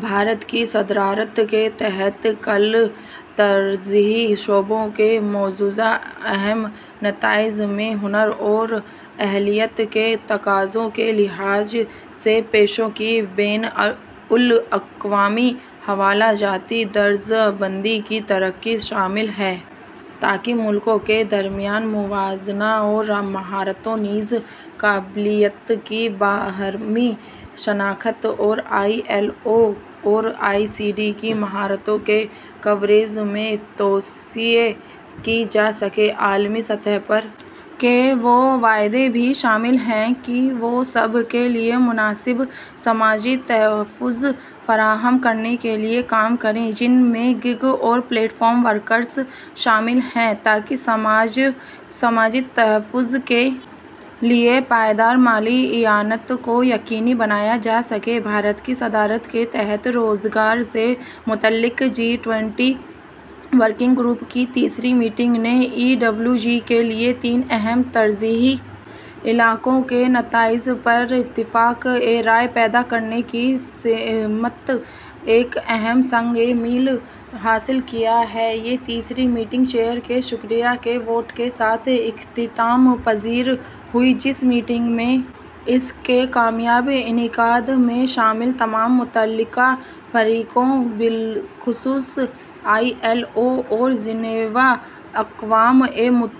بھارت کی صدارت کے تحت کلیدی ترجیحی شعبوں کے مجوزہ اہم نتائج میں ہنر اور اہلیت کے تقاضوں کے لحاظ سے پیشوں کی بین الاقوامی حوالہ جاتی درجہ بندی کی ترقی شامل ہے تاکہ ملک کے درمیان موازنہ اور مہارتوں نیز قابلیت کی باہمی شناخت اور آئی ایل او اور او ای سی ڈی کی مہارتوں کے کوریج میں توسیع کی جا سکے عالمی سطح پر کے وہ وعدے بھی شامل ہیں کہ وہ سب کے لیے مناسب سماجی تحفظ فراہم کرنے کے لیے کام کریں جن میں گیگ اور پلیٹ فارم ورکرز شامل ہیں تاکہ سماجی تحفظ کے لیے پائیدار مالی اعانت کو یقینی بنایا جا سکے بھارت کی صدارت کے تحت روزگار سے متعلق جی ٹوئنٹی ورکنگ گروپ کی تیسری میٹنگ نے ای ڈبلیو جی کے لیے تین اہم ترجیحی علاقوں کے نتائج پر اتفاق رائے پیدا کرنے کی سمت ایک اہم سنگ میل حاصل کیا ہے یہ تیسری میٹنگ چیئر کے شکریہ کے ووٹ کے ساتھ اختتام پذیر ہوئی جس میٹنگ میں اس کے کامیاب انعقاد میں شامل تمام متعلقہ فریقوں بالخصوص آئی ایل او اور جنیوا اقوام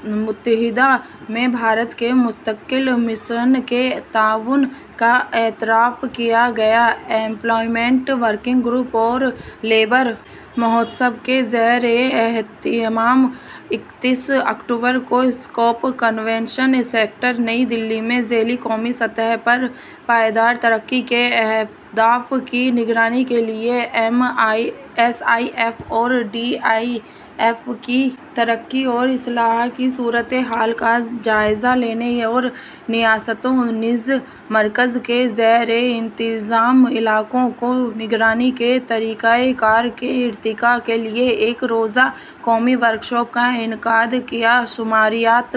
متحدہ میں بھارت کے مستقل مشن کے تعاون کا اعتراف کیا گیا ایمپلائمنٹ ورکنگ گروپ اور لیبر مہوتسو کے زیر اہتمام اکتیس اکتوبر کو اسکوپ کنونشن سینٹر نئی دہلی میں ذیلی قومی سطح پر پائیدار ترقی کے اہداف کی نگرانی کے لیے ایس آئی ایف اور ڈی آئی ایف کی ترقی اور اصلاح کی صورتحال کا جائزہ لینے اور ریاستوں نیز مرکز کے زیر انتظام علاقوں کو نگرانی کے طریقہ کار کے ارتقا کے لیے ایک روزہ قومی ورکشاپ کا انعقاد کیا شماریات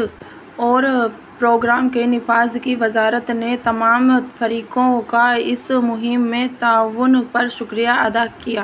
اور پروگرام کے نفاذ کی وزارت نے تمام فریقوں کا اس مہم میں تعاون پر شکریہ ادا کیا